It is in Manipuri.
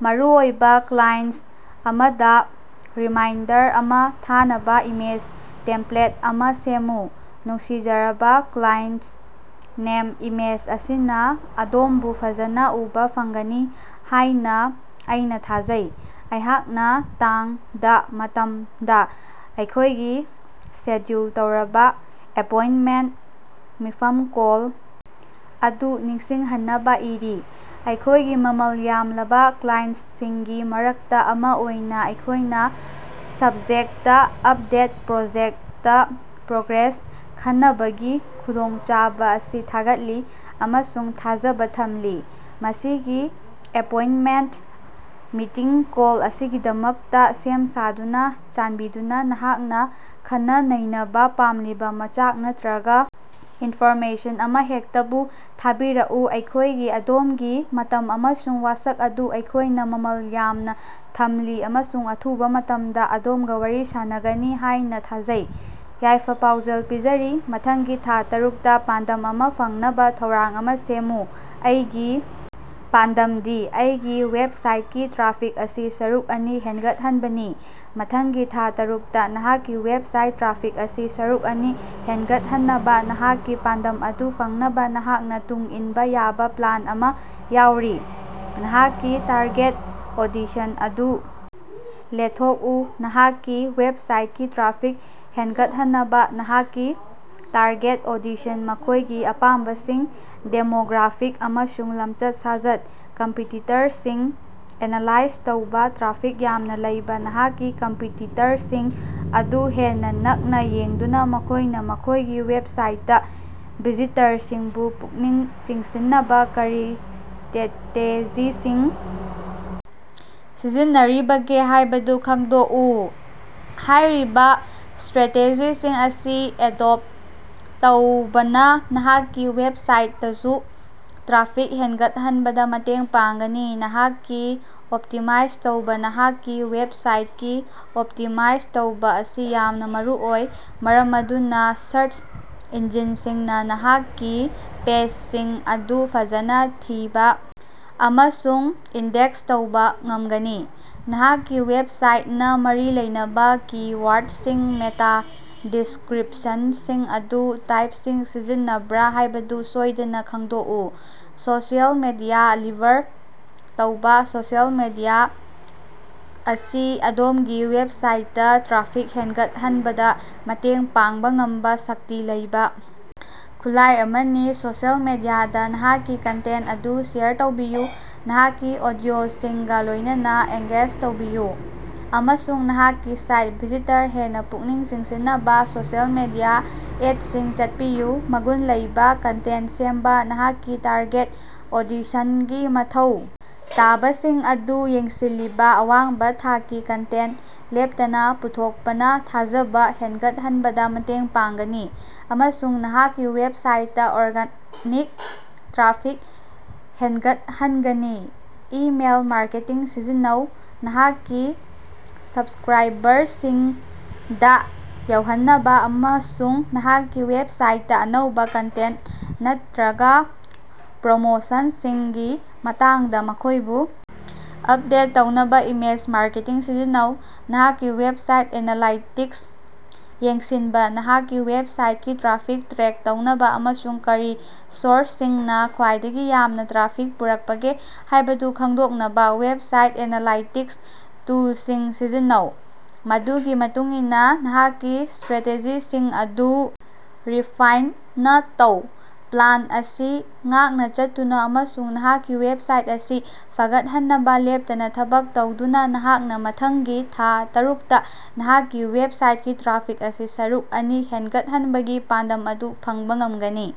ꯃꯔꯨꯑꯣꯏꯕꯥ ꯀ꯭ꯂꯥꯏꯟꯁ ꯑꯃꯗꯥ ꯔꯤꯃꯥꯏꯟꯗꯔ ꯑꯃꯥ ꯊꯥꯅꯕꯥ ꯏꯃꯦꯖ ꯇꯦꯝꯄ꯭ꯂꯦꯠ ꯑꯃꯥ ꯁꯦꯝꯃꯨ꯫ ꯅꯨꯡꯁꯤꯖꯔꯕꯥ ꯀ꯭ꯂꯥꯏꯟꯁꯇ ꯅꯦꯝ, ꯏꯃꯦꯖ ꯑꯁꯤꯅꯥ ꯑꯗꯣꯝꯕꯨ ꯐꯖꯅꯥ ꯎꯕꯥ ꯐꯪꯒꯅꯤ ꯍꯥꯢꯅꯥ ꯑꯩꯅꯥ ꯊꯥꯖꯩ꯫ ꯑꯩꯍꯥꯛꯅꯥ ꯇꯥꯡ ꯗꯥ ,ꯃꯇꯝ ꯗꯥ ꯑꯩꯈꯣꯢꯒꯤ ꯁꯦꯗ꯭ꯌꯨꯜ ꯇꯧꯔꯕꯥ ꯑꯦꯄꯣꯏꯟꯇꯃꯦꯟꯇ ꯃꯤꯐꯝ ꯀꯣꯜ ꯑꯗꯨ ꯅꯤꯡꯁꯤꯡꯍꯟꯅꯕꯥ ꯏꯔꯤ꯫ ꯑꯩꯈꯣꯢꯒꯤ ꯃꯃꯜ ꯌꯥꯝꯂꯕꯥ ꯀ꯭ꯂꯥꯏꯟꯁꯁꯤꯡꯒꯤ ꯃꯔꯛꯇꯥ ꯑꯃꯥ ꯑꯣꯏꯅꯥ ꯑꯩꯈꯣꯢꯅꯥ ꯁꯕꯖꯦꯛꯇ ꯑꯞꯗꯦꯠ ꯄ꯭ꯔꯣꯖꯦꯛꯇ ꯄ꯭ꯔꯣꯒ꯭ꯔꯦꯁ ꯈꯟꯅꯕꯒꯤ ꯈꯨꯗꯣꯡꯆꯥꯕꯥ ꯑꯁꯤ ꯊꯥꯒꯠꯂꯤ ꯑꯃꯁꯨꯡ ꯊꯥꯖꯕꯥ ꯊꯝꯂꯤ꯫ ꯃꯁꯤꯒꯤ ꯑꯦꯄꯣꯏꯟꯇꯃꯦꯟꯇ/ꯃꯤꯇꯤꯡ ꯀꯣꯜ ꯑꯁꯤꯒꯤꯗꯃꯛꯇꯥ ꯁꯦꯝ-ꯁꯥꯗꯨꯅꯥ, ꯆꯥꯟꯕꯤꯗꯨꯅꯥ ꯅꯍꯥꯛꯅꯥ ꯈꯟꯅꯅꯩꯅꯕꯥ ꯄꯥꯝꯂꯤꯕꯥ ꯃꯆꯥꯛ ꯅꯠꯇ꯭ꯔꯒꯥ ꯏꯟꯐꯣꯔꯃꯦꯁꯟ ꯑꯃꯍꯦꯛꯇꯕꯨ ꯊꯥꯕꯤꯔꯛꯎ꯫ ꯑꯩꯈꯣꯢꯒꯤ ꯑꯗꯣꯝꯒꯤ ꯃꯇꯝ ꯑꯃꯁꯨꯡ ꯋꯥꯁꯛ ꯑꯗꯨ ꯑꯩꯈꯣꯢꯅꯥ ꯃꯃꯜ ꯌꯥꯝꯅꯥ ꯊꯝꯂꯤ ꯑꯃꯁꯨꯡ ꯑꯊꯨꯕꯥ ꯃꯇꯝꯗꯥ ꯑꯗꯣꯝꯒꯥ ꯋꯥꯔꯤ ꯁꯥꯅꯒꯅꯤ ꯍꯥꯢꯅꯥ ꯊꯥꯖꯩ꯫ ꯌꯥꯏꯐ-ꯄꯥꯎꯖꯦꯜ ꯄꯤꯖꯔꯤ ꯃꯊꯪꯒꯤ ꯊꯥ ꯇꯔꯨꯛꯇꯥ ꯄꯥꯟꯗꯝ ꯑꯃꯥ ꯐꯪꯅꯕꯥ ꯊꯧꯔꯥꯡ ꯑꯃꯥ ꯁꯦꯃꯃꯨ꯫ ꯑꯩꯒꯤ ꯄꯥꯟꯗꯝꯗꯤ ꯑꯩꯒꯤ ꯋꯦꯕꯁꯥꯏꯠꯀꯤ ꯇ꯭ꯔꯥꯐꯤꯛ ꯑꯁꯤ ꯁꯔꯨꯛ ꯑꯅꯤ ꯍꯦꯟꯒꯠꯍꯟꯕꯅꯤ꯫ ꯃꯊꯪꯒꯤ ꯊꯥ ꯇꯔꯨꯛꯇꯥ ꯅꯍꯥꯛꯀꯤ ꯋꯦꯕꯁꯥꯏꯠ ꯇ꯭ꯔꯥꯐꯤꯛ ꯑꯁꯤ ꯁꯔꯨꯛ ꯑꯅꯤ ꯍꯦꯟꯒꯠꯍꯟꯅꯕꯥ ꯅꯍꯥꯛꯀꯤ ꯄꯥꯟꯗꯝ ꯑꯗꯨ ꯐꯪꯅꯕꯥ ꯅꯍꯥꯛꯅꯥ ꯇꯨꯡ ꯏꯟꯕꯥ ꯌꯥꯕꯥ ꯄ꯭ꯂꯥꯟ ꯑꯃꯥ ꯌꯥꯎꯔꯤ, ꯅꯍꯥꯛꯀꯤ ꯇꯥꯔꯒꯦꯠ ꯑꯣꯗꯤꯁꯟ ꯑꯗꯨ ꯂꯦꯊꯣꯀꯎ: ꯅꯍꯥꯛꯀꯤ ꯋꯦꯕꯁꯥꯏꯠꯀꯤ ꯇ꯭ꯔꯥꯐꯤꯛ ꯍꯦꯅꯒꯠꯍꯟꯅꯕꯥ, ꯅꯍꯥꯛꯀꯤ ꯇꯥꯔꯒꯦꯠ ꯑꯣꯗꯤꯁꯟ- ꯃꯈꯣꯢꯒꯤ ꯑꯄꯥꯝꯕꯁꯤꯡ, ꯗꯦꯃꯣꯒ꯭ꯔꯥꯐꯤꯛ ꯑꯃꯁꯨꯡ ꯂꯃꯆꯠ-ꯁꯥꯖꯠ꯫ ꯀꯝꯄꯤꯇꯤꯇꯔꯁꯤꯡ ꯑꯦꯅꯥꯂꯥꯏꯖ ꯇꯧꯕꯥ ꯇ꯭ꯔꯥꯐꯤꯛ ꯌꯥꯝꯅꯥ ꯂꯩꯕꯥ ꯅꯍꯥꯛꯀꯤ ꯀꯝꯄꯤꯇꯤꯇꯔꯁꯤꯡ ꯑꯗꯨ ꯍꯦꯟꯅꯥ ꯅꯛꯅꯥ ꯌꯦꯡꯗꯨꯅꯥ ꯃꯈꯣꯢꯅꯥ ꯃꯈꯣꯢꯒꯤ ꯋꯦꯕꯁꯥꯏꯠꯇꯥ ꯚꯤꯖꯤꯇꯔꯁꯤꯡꯕꯨ ꯄꯨꯛꯅꯤꯡ ꯆꯤꯡꯁꯤꯟꯅꯕꯥ ꯀꯔꯤ ꯁꯇ꯭ꯔꯦꯇꯦꯖꯤꯁꯤꯡ ꯁꯤꯖꯤꯟꯅꯔꯤꯕꯒꯦ ꯍꯥꯢꯕꯗꯨ ꯈꯪꯗꯣꯛꯎ꯫ ꯍꯥꯌꯔꯤꯕꯥ ꯁꯇ꯭ꯔꯦꯇꯦꯖꯤꯁꯤꯡ ꯑꯁꯤ ꯑꯦꯗꯣꯞꯇ ꯇꯧꯕꯅꯥ ꯅꯍꯥꯛꯀꯤ ꯋꯦꯕꯁꯥꯏꯇꯗꯁꯨ ꯇ꯭ꯔꯥꯐꯤꯛ ꯍꯦꯡꯒꯠꯍꯟꯕꯗꯥ ꯃꯇꯦꯡ ꯄꯥꯡꯒꯅꯤ꯫ ꯅꯍꯥꯛꯀꯤ ꯑꯣꯞꯇꯤꯃꯥꯏꯖ ꯇꯧꯕꯥ ꯅꯍꯥꯛꯀꯤ ꯋꯦꯕꯁꯥꯏꯇꯀꯤ ꯑꯣꯞꯇꯤꯃꯥꯏꯖ ꯇꯧꯕꯥ ꯑꯁꯤ ꯌꯥꯝꯅꯥ ꯃꯔꯨꯑꯣꯏ ꯃꯔꯝ ꯑꯗꯨꯅꯥ ꯁꯔꯆ ꯏꯟꯖꯤꯟꯁꯤꯡꯅꯥ ꯅꯍꯥꯛꯀꯤ ꯄꯦꯖꯁꯤꯡ ꯑꯗꯨ ꯐꯖꯅꯥ ꯊꯤꯕꯥ ꯑꯃꯁꯨꯡ ꯏꯟꯗꯦꯛꯁ ꯇꯧꯕꯥ ꯉꯃꯒꯅꯤ꯫ ꯅꯍꯥꯛꯀꯤ ꯋꯦꯕꯁꯥꯏꯇꯅꯥ ꯃꯔꯤ ꯂꯩꯅꯕꯥ ꯀꯤ-ꯋꯥꯔꯗꯁꯤꯡ ꯃꯦꯇꯥ ꯗꯤꯁꯀ꯭ꯔꯤꯞꯁꯟꯁꯤꯡ ꯑꯃꯁꯨꯡ ꯇꯥꯏꯞꯁꯤꯡ ꯁꯤꯖꯤꯟꯅꯕ꯭ꯔꯥ ꯍꯥꯢꯕꯗꯨ ꯁꯣꯢꯗꯅꯥ ꯈꯪꯗꯣꯛꯎ꯫ ꯁꯣꯁꯤꯑꯦꯜ ꯃꯤꯗꯤꯌꯥ ꯂꯤꯚꯔ ꯇꯧꯕꯥ: ꯁꯣꯁꯤꯑꯦꯜ ꯃꯤꯗꯤꯌꯥ ꯑꯁꯤ ꯑꯗꯣꯝꯒꯤ ꯋꯦꯕꯁꯥꯏꯠꯇꯥ ꯇ꯭ꯔꯥꯐꯤꯛ ꯍꯦꯟꯒꯠꯍꯟꯕꯗꯥ ꯃꯇꯦꯡ ꯄꯥꯡꯕꯥ ꯉꯝꯕꯥ ꯁꯛꯇꯤ ꯂꯩꯕꯥ ꯈꯨꯠꯂꯥꯢ ꯑꯃꯅꯤ꯫ ꯁꯣꯁꯤꯑꯦꯜ ꯃꯤꯗꯤꯌꯥꯗꯥ ꯅꯍꯥꯛꯀꯤ ꯀꯟꯇꯦꯟꯇ ꯑꯗꯨ ꯁꯦꯌꯔ ꯇꯧꯕꯤꯌꯨ, ꯅꯍꯥꯛꯀꯤ ꯑꯣꯗꯤꯑꯣꯁꯤꯡꯒꯥ ꯂꯣꯢꯅꯅꯥ ꯑꯦꯡꯒꯦꯖ ꯇꯧꯕꯤꯌꯨ ꯑꯃꯁꯨꯡ ꯅꯍꯥꯛꯀꯤ ꯁꯥꯏꯇ ꯚꯤꯖꯤꯇꯔ ꯍꯦꯟꯅꯥ ꯄꯨꯛꯅꯤꯡ ꯆꯤꯡꯁꯤꯟꯅꯕꯥ ꯁꯣꯁꯤꯑꯦꯜ ꯃꯤꯗꯤꯌꯥ ꯑꯦꯗꯁꯤꯡ ꯆꯠꯄꯤꯌꯨ꯫ ꯃꯒꯨꯟ ꯂꯩꯕꯥ ꯀꯟꯇꯦꯟꯇ ꯁꯦꯝꯕꯥ: ꯅꯍꯥꯛꯀꯤ ꯇꯥꯔꯒꯦꯠ ꯑꯣꯗꯤꯁꯟꯒꯤ ꯃꯊꯧ ꯇꯥꯕꯁꯤꯡ ꯑꯗꯨ ꯌꯦꯡꯁꯤꯜꯂꯤꯕꯥ ꯑꯋꯥꯡꯕꯥ ꯊꯥꯛꯀꯤ ꯀꯟꯇꯦꯟꯇ ꯂꯦꯞꯇꯅꯥ ꯄꯨꯊꯣꯀꯄꯅꯥ ꯊꯥꯖꯕꯥ ꯍꯦꯅꯒꯠꯍꯟꯕꯗꯥ ꯃꯇꯦꯡ ꯄꯥꯡꯒꯅꯤ ꯑꯃꯁꯨꯡ ꯅꯍꯥꯛꯀꯤ ꯋꯦꯕꯁꯥꯏꯠꯇꯥ ꯑꯣꯔꯒꯥꯅꯤꯛ ꯇ꯭ꯔꯥꯐꯤꯛ ꯍꯦꯅꯒꯠꯍꯅꯒꯅꯤ꯫ ꯏꯃꯦꯜ ꯃꯥꯔꯀꯦꯇꯤꯡ ꯁꯤꯖꯤꯟꯅꯧ: ꯅꯍꯥꯛꯀꯤ ꯁꯕꯁ꯭ꯛꯔꯥꯏꯕꯔꯁꯤꯡꯗꯥ ꯌꯧꯍꯟꯅꯕꯥ ꯑꯃꯁꯨꯡ ꯅꯍꯥꯛꯀꯤ ꯋꯦꯕꯁꯥꯏꯠꯇꯥ ꯑꯅꯧꯕꯥ ꯀꯟꯇꯦꯟꯇ ꯅꯠꯠꯔꯒꯥ ꯄ꯭ꯔꯣꯃꯣꯁꯟꯁꯤꯡꯒꯤ ꯃꯇꯥꯡꯗꯥ ꯃꯈꯣꯢꯕꯨ ꯑꯞꯗꯦꯠ ꯇꯧꯅꯕꯥ ꯏꯃꯦꯖ ꯃꯥꯔꯀꯦꯇꯤꯡ ꯁꯤꯖꯤꯟꯅꯧ꯫ ꯅꯍꯥꯛꯀꯤ ꯋꯦꯕꯁꯥꯏꯠ ꯑꯦꯅꯥꯂꯥꯏꯇꯤꯛꯁ ꯌꯦꯡꯁꯤꯟꯕꯥ: ꯅꯍꯥꯛꯀꯤ ꯋꯦꯕꯁꯥꯏꯠꯀꯤ ꯇ꯭ꯔꯥꯐꯤꯛ ꯇ꯭ꯔꯦꯛ ꯇꯧꯅꯕꯥ ꯑꯃꯁꯨꯡ ꯀꯔꯤ ꯁꯣꯔꯁꯁꯤꯡꯅꯥ ꯈ꯭ꯋꯥꯏꯗꯒꯤ ꯌꯥꯝꯅꯥ ꯇ꯭ꯔꯥꯐꯤꯛ ꯄꯨꯔꯛꯄꯒꯦ ꯍꯥꯢꯕꯗꯨ ꯈꯪꯗꯣꯛꯅꯕꯥ ꯋꯦꯕꯁꯥꯏꯠ ꯑꯦꯅꯥꯂꯥꯏꯇꯤꯛꯁ ꯇꯨꯜꯁꯤꯡ ꯁꯤꯖꯤꯟꯅꯧ꯫ ꯃꯗꯨꯒꯤ ꯃꯇꯨꯡ ꯏꯟꯅꯥ ꯅꯍꯥꯛꯀꯤ ꯁꯇ꯭ꯔꯦꯇꯦꯖꯤꯁꯤꯡ ꯑꯗꯨ ꯔꯤꯐꯥꯏꯟꯅꯥ ꯇꯧ꯫ ꯄ꯭ꯂꯥꯟ ꯑꯁꯤ ꯉꯥꯛꯅꯥ ꯆꯠꯇꯨꯅꯥ ꯑꯃꯁꯨꯡ ꯅꯍꯥꯛꯀꯤ ꯋꯦꯕꯁꯥꯏꯠ ꯑꯁꯤ ꯐꯒꯠꯍꯟꯅꯕꯥ ꯂꯦꯞꯇꯅꯥ ꯊꯕꯛ ꯇꯧꯗꯨꯅꯥ, ꯅꯍꯥꯛꯅꯥ ꯃꯊꯪꯒꯤ ꯊꯥ ꯇꯔꯨꯛꯇꯥ ꯅꯍꯥꯛꯀꯤ ꯋꯦꯕꯁꯥꯏꯠꯀꯤ ꯇ꯭ꯔꯥꯐꯤꯛ ꯑꯁꯤ ꯁꯔꯨꯛ ꯑꯅꯤ ꯍꯦꯟꯒꯠꯍꯟꯕꯒꯤ ꯄꯥꯟꯗꯝ ꯑꯗꯨ ꯐꯪꯕꯥ ꯉꯝꯒꯅꯤ꯫